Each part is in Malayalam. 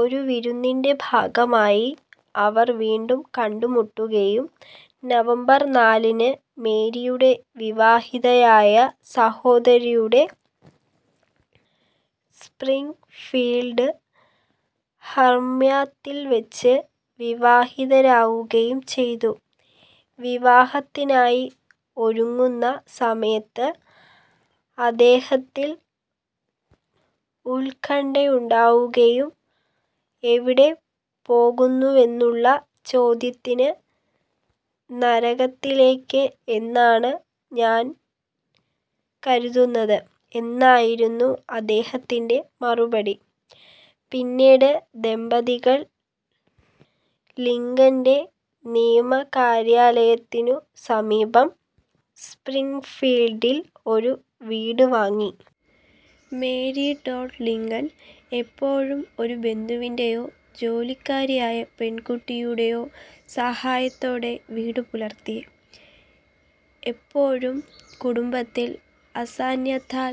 ഒരു വിരുന്നിൻ്റെ ഭാഗമായി അവർ വീണ്ടും കണ്ടുമുട്ടുകയും നവംബർ നാലിന് മേരിയുടെ വിവാഹിതയായ സഹോദരിയുടെ സ്പ്രിങ്ഫീൽഡ് ഹർമ്മ്യത്തിൽവച്ച് വിവാഹിതരാകുകയും ചെയ്തു. വിവാഹത്തിനായി ഒരുങ്ങുന്ന സമയത്ത് അദ്ദേഹത്തിൽ ഉത്കണ്ഠയുണ്ടാകുകയും എവിടെ പോകുന്നുവെന്നുള്ള ചോദ്യത്തിന് നരകത്തിലേക്ക് എന്നാണ് ഞാൻ കരുതുന്നത് എന്നായിരുന്നു അദ്ദേഹത്തിൻ്റെ മറുപടി. പിന്നീട് ദമ്പതികൾ ലിങ്കൻ്റെ നിയമകാര്യാലയത്തിനു സമീപം സ്പ്രിങ്ഫീൽഡിൽ ഒരു വീട് വാങ്ങി. മേരി ടോഡ് ലിങ്കൺ എപ്പോഴും ഒരു ബന്ധുവിൻ്റെ യോ ജോലിക്കാരിയായ പെൺകുട്ടിയുടെയോ സഹായത്തോടെ വീടുപുലർത്തി. എപ്പോഴും കുടുംബത്തിൽ അസാന്നിധ്യത്താൽ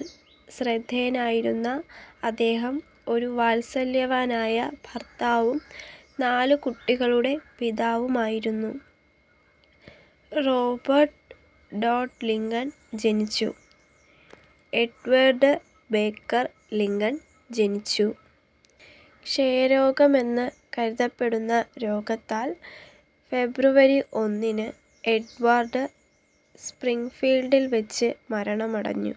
ശ്രദ്ധേയനായിരുന്ന അദ്ദേഹം ഒരു വാത്സല്യവാനായ ഭർത്താവും നാലുകുട്ടികളുടെ പിതാവുമായിരുന്നു. റോബർട്ട് ടോഡ് ലിങ്കൺ ജനിച്ചു. എഡ്വാർഡ് ബേക്കർ ലിങ്കൺ ജനിച്ചു. ക്ഷയരോഗമെന്ന് കരുതപ്പെടുന്ന രോഗത്താൽ ഫെബ്രുവരി ഒന്നിന് എഡ്വാർഡ് സ്പ്രിങ്ഫീൽഡിൽവച്ച് മരണമടഞ്ഞു.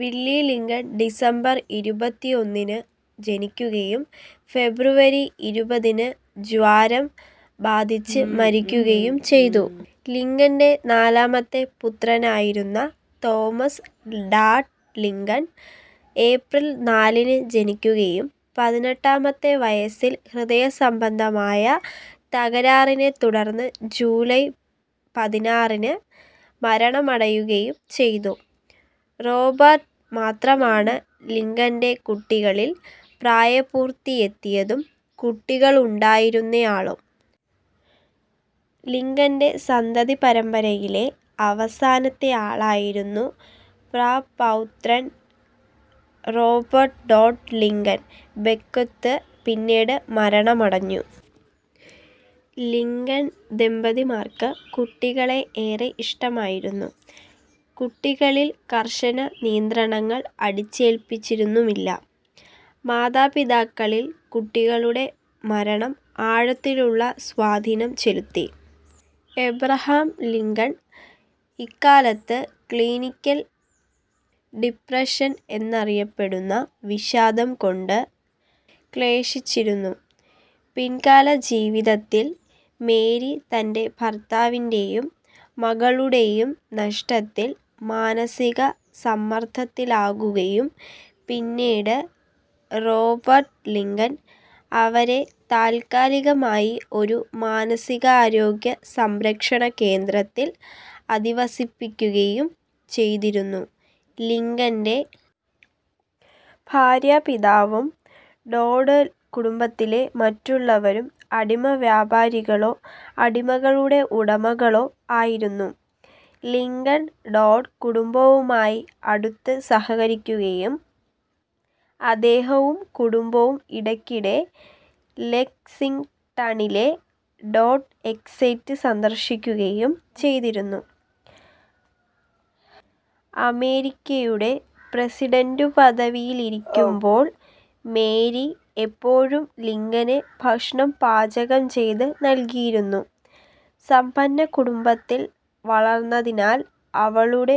വില്ലി ലിങ്കൺ ഡിസംബർ ഇരുപത്തിയൊന്നിന് ജനിക്കുകയും ഫെബ്രുവരി ഇരുപതിന് ജ്വരം ബാധിച്ച് മരിക്കുകയും ചെയ്തു. ലിങ്കൻ്റെ നാലാമത്തെ പുത്രനായിരുന്ന തോമസ് ടാഡ് ലിങ്കൺ ഏപ്രിൽ നാലിന് ജനിക്കുകയും പതിനെട്ടാമത്തെ വയസ്സിൽ ഹൃദയസംബന്ധമായ തകരാറിനെത്തുടർന്ന് ജൂലൈ പതിനാറിന് മരണമടയുകയും ചെയ്തു. റോബർട്ട് മാത്രമാണ് ലിങ്കൻ്റെ കുട്ടികളിൽ പ്രായപൂർത്തിയെത്തിയതും കുട്ടികളുണ്ടായിരുന്നയാളും. ലിങ്കൻ്റെ സന്തതിപരമ്പരയിലെ അവസാനത്തെയാളായിരുന്ന പ്രപൗത്രൻ റോബർട്ട് ടോഡ് ലിങ്കൺ ബെക്ക്വിത്ത് പിന്നീട് മരണമടഞ്ഞു. ലിങ്കൺ ദമ്പതിമാർക്ക് കുട്ടികളെ ഏറെ ഇഷ്ടമായിരുന്നു. കുട്ടികളിൽ കർശനനിയന്ത്രണങ്ങൾ അടിച്ചേൽപ്പിച്ചിരുന്നുമില്ല. മാതാപിതാക്കളിൽ കുട്ടികളുടെ മരണം ആഴത്തിലുള്ള സ്വാധീനം ചെലുത്തി. അബ്രഹാം ലിങ്കൺ ഇക്കാലത്ത് ക്ലിനിക്കൽ ഡിപ്രഷൻ എന്നറിയപ്പെടുന്ന വിഷാദം കൊണ്ട് ക്ലേശിച്ചിരുന്നു. പിൽക്കാല ജീവിതത്തിൽ മേരി തൻ്റെ ഭർത്താവിൻ്റെ യും മക്കളുടെയും നഷ്ടത്തിൽ മാനസിക സമ്മർദ്ദത്തിലാകുകയും പിന്നീട് റോബർട്ട് ലിങ്കൺ അവരെ താൽക്കാലികമായി ഒരു മാനസികാരോഗ്യ സംരക്ഷണകേന്ദ്രത്തിൽ അധിവസിപ്പിക്കുകയും ചെയ്തിരുന്നു. ലിങ്കൻ്റെ ഭാര്യാപിതാവും ടോഡ് കുടുംബത്തിലെ മറ്റുള്ളവരും അടിമവ്യാപാരികളോ അടിമകളുടെ ഉടമകളോ ആയിരുന്നു. ലിങ്കൺ ടോഡ് കുടുംബവുമായി അടുത്ത് സഹകരിക്കുകയും അദ്ദേഹവും കുടുംബവും ഇടയ്ക്കിടെ ലെക്സിങ്ടണിലെ ടോഡ് എസ്റ്റേറ്റ് സന്ദർശിക്കുകയും ചെയ്തിരുന്നു. അമേരിക്കയുടെ പ്രസിഡന്റുപദവിയിലിരിക്കുമ്പോൾ മേരി പലപ്പോഴും ലിങ്കന് ഭക്ഷണം പാചകം ചെയ്ത് നൽകിയിരുന്നു. സമ്പന്നകുടുംബത്തിൽ വളർന്നതിനാൽ അവളുടെ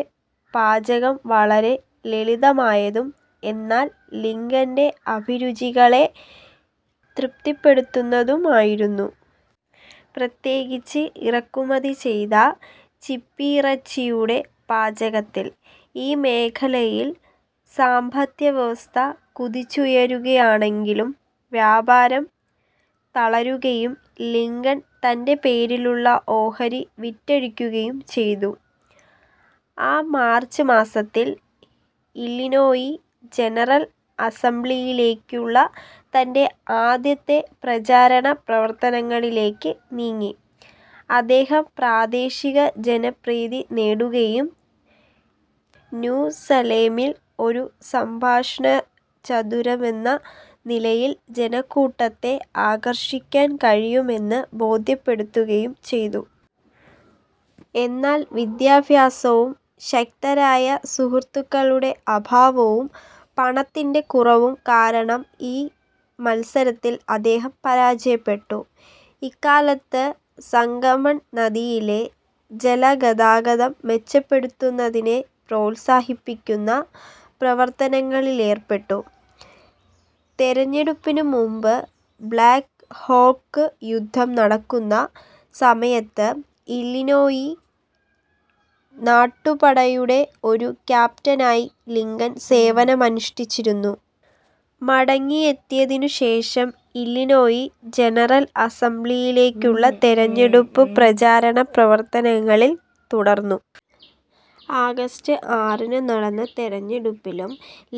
പാചകം വളരെ ലളിതമായതും എന്നാൽ ലിങ്കൻ്റെ അഭിരുചികളെ തൃപ്തിപ്പെടുത്തുന്നതുമായിരുന്നു. പ്രത്യേകിച്ച് ഇറക്കുമതി ചെയ്ത ചിപ്പിയിറച്ചിയുടെ പാചകത്തിൽ.ഈ മേഖലയിൽ സമ്പദ്വ്യവസ്ഥ കുതിച്ചുയരുകയായിരുന്നെങ്കിലും വ്യാപാരം തളരുകയും ലിങ്കൺ തൻ്റെ പേരിലുള്ള ഓഹരി വിറ്റഴിക്കുകയും ചെയ്തു. ആ മാർച്ച് മാസത്തിൽ ഇല്ലിനോയി ജനറൽ അസംബ്ലിയിലേക്കുള്ള തൻ്റെ ആദ്യത്തെ പ്രചാരണ പ്രവർത്തനത്തിലേക്ക് നീങ്ങി. അദ്ദേഹം പ്രാദേശിക ജനപ്രീതി നേടുകയും ന്യൂ സലേമിൽ ഒരു സംഭാഷണചതുരനെന്ന നിലയിൽ ജനക്കൂട്ടത്തെ ആകർഷിക്കാൻ കഴിയുമെന്ന് ബോധ്യപ്പെടുത്തുകയും ചെയ്തു. എന്നാൽ വിദ്യാഭ്യാസവും ശക്തരായ സുഹൃത്തുക്കളുടെ അഭാവവും പണത്തിൻ്റെ കുറവും കാരണം ഈ മത്സരത്തിൽ അദ്ദേഹം പരാജയപ്പെട്ടു. ഇക്കാലത്ത് സംഗമൺ നദിയിലെ ജലഗതാഗതം മെച്ചപ്പെടുത്തുന്നതിനെ പ്രോത്സാഹിപ്പിക്കുന്ന പ്രവർത്തനങ്ങളിലേർപ്പെട്ടു. തെരഞ്ഞെടുപ്പിന് മുമ്പ് ബ്ലാക്ക് ഹോക്ക് യുദ്ധം നടക്കുന്ന സമയത്ത് ഇല്ലിനോയി നാട്ടുപടയുടെ ഒരു ക്യാപ്റ്റനായി ലിങ്കൺ സേവനമനുഷ്ഠിച്ചിരുന്നു. മടങ്ങിയെത്തിയതിനുശേഷം ഇല്ലിനോയി ജനറൽ അസംബ്ലിയിലേക്കുള്ള തെരഞ്ഞെടുപ്പ് പ്രചരണ പ്രവർത്തനങ്ങളിൽ തുടർന്നു. ആഗസ്റ്റ് ആറിന് നടന്ന തെരഞ്ഞെടുപ്പിലും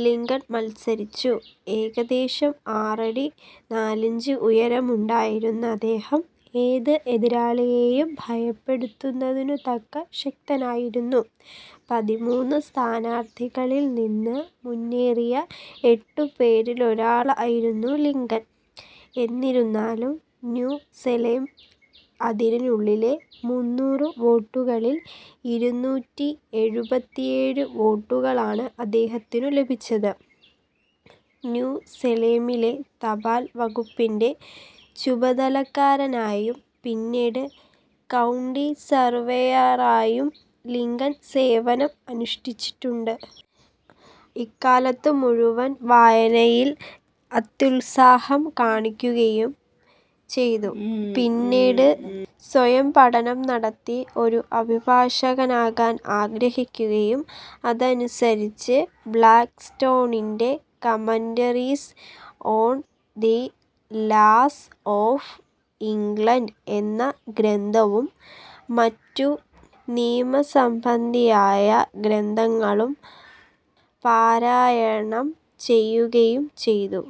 ലിങ്കൺ മത്സരിച്ചു. ഏകദേശം ആറടി നാലിഞ്ച് ഉയരമുണ്ടായിരുന്ന അദ്ദേഹം ഏത് എതിരാളിയേയും ഭയപ്പെടുത്തുന്നതിനുതക്ക ശക്തനുമായിരുന്നു. പതിമൂന്ന് സ്ഥാനാർത്ഥികളിൽ നിന്ന് മുന്നേറിയ എട്ടുപേരിലൊരാളായിരുന്നു ലിങ്കൺ. എന്നിരുന്നാലും ന്യൂ സേലം അതിരിനുള്ളിലെ മുന്നൂറ് വോട്ടുകളിൽ ഇരുനൂറ്റി എഴുപത്തിയേഴ് വോട്ടുകളാണ് അദ്ദേഹത്തിനു ലഭിച്ചത്.ന്യൂ സേലമിലെ തപാൽ വകുപ്പിൻ്റെ ചുമതലക്കാരനായും പിന്നീട് കൗണ്ടി സർവേയറായും ലിങ്കൺ സേവനം അനുഷ്ഠിച്ചിട്ടുണ്ട്. ഇക്കാലത്തുമുഴുവൻ വായനയിൽ അത്യുത്സാഹം കാണിക്കുകയും ചെയ്തു. പിന്നീട് സ്വയം പഠനം നടത്തി ഒരു അഭിഭാഷകനാകാൻ ആഗ്രഹിക്കുകയും അതനുസരിച്ച് ബ്ലാക്ക്സ്റ്റോണിൻ്റെ commentaries on the laws of England എന്ന ഗ്രന്ഥവും മറ്റു നിയമസംബന്ധിയായ ഗ്രന്ഥങ്ങളും പാരായണം ചെയ്യുകയും ചെയ്തു.